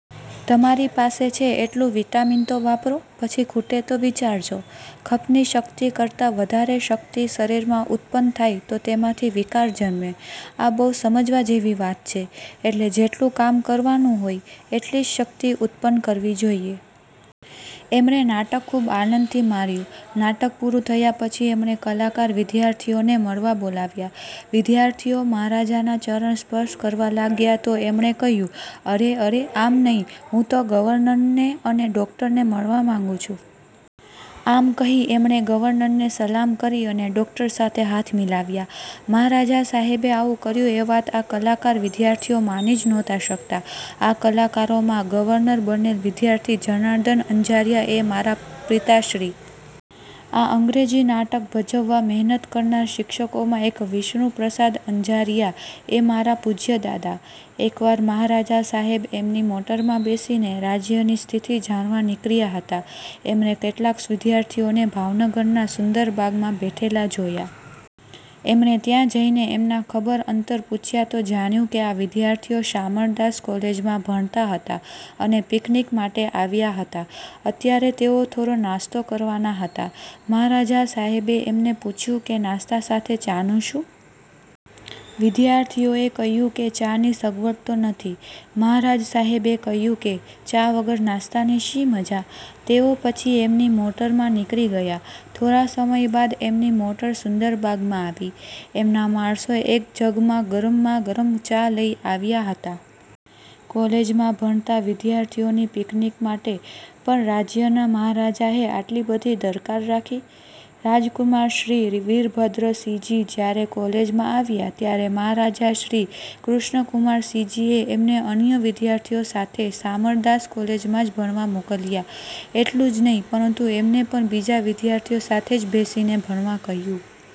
' 'તમારી પાસે છે એટલું વિટામિન તો વાપરો! – પછી ખૂટે તો વિચારજો. ' ખપની શક્તિ કરતાં વધારે શક્તિ શરીરમાં ઉત્પન્ન થાય તો તેમાંથી વિકાર જન્મે. આ બહુ સમજવા જેવી વાત છે. એટલે જેટલું કામ કરવાનું હોય એટલી જ શક્તિ ઉત્પન્ન કરવી જોઈએ. એમણે નાટક ખુબ આનંદથી માણ્યું. નાટક પૂરું થયા પછી એમણે કલાકાર વિદ્યાર્થીઓને મળવા બોલાવ્યા. વિદ્યાર્થીઓ મહારાજાના ચરણ સ્પર્શ કરવા લાગ્યા તો એમણે કહ્યું, "અરે અરે આમ નહિ. હું તો ગવર્નરને અને ડોક્ટરને મળવા માગું છું. " આમ કહી એમણે ગવર્નરને સલામ કરી અને ડોક્ટર સાથે હાથ મિલાવ્યા. મહારાજા સાહેબે આવું કર્યું એ વાત આ કલાકાર વિદ્યાર્થીઓ માની જ નહોતા શકતા. આ કલાકારોમાં ગવર્નર બનેલ વિદ્યાર્થી જનાર્દન અંજારિયા એ મારા પિતાશ્રી! આ અંગ્રેજી નાટક ભજવવા મહેનત કરનાર શિક્ષકોમાં એક વિષ્ણુપ્રસાદ અંજારિયા એ મારા પૂજ્ય દાદા! એક વાર મહારાજા સાહેબ એમની મોટરમાં બેસીને રાજ્યની સ્થિતિ જાણવા નીકળ્યા હતા. એમણે કેટલાક વિદ્યાર્થીઓને ભાવનગરના સુંદરબાગમાં બેઠેલા જોયા. એમણે ત્યાં જઈને એમના ખબર અંતર પૂછ્યા તો જાણ્યું કે આ વિદ્યાર્થીઓ શામળદાસ કોલેજમાં ભણતા હતા અને પીકનીક માટે આવ્યા હતા. અત્યારે તેઓ થોડો નાસ્તો કરવાના હતા. મહારાજા સાહેબે એમને પૂછ્યું કે નાસ્તા સાથે ચાનું શું? વિદ્યાર્થીઓએ કહ્યું કે ચાની સગવડ તો નથી. મહારાજ સાહેબે કહ્યું કે, "ચા વગર નાસ્તાની શી મજા? " તેઓ પછી એમની મોટરમાં નીકળી ગયા. થોડા સમય બાદ એમની મોટર સુંદરબાગમાં આવી. એમના માણસો એક જગમાં ગરમા ગરમ ચા લઇ આવ્યા હતા! કોલેજમાં ભણતા વિદ્યાર્થીઓની પીકનીક માટે પણ રાજ્યના મહારાજાએ આટલી બધી દરકાર રાખી! રાજકુમાર શ્રી. વીરભદ્રસિંહજી જયારે કોલેજમાં આવ્યા ત્યારે મહારાજા શ્રી. કૃષ્ણકુમારસિંહજીએ એમને અન્ય વિદ્યાર્થીઓ સાથે શામળદાસ કોલેજમાં જ ભણવા મોકલ્યા. એટલું જ નહિ પરંતુ એમને પણ બીજા વિદ્યાર્થીઓ સાથે જ બેસીને ભણવા કહ્યું.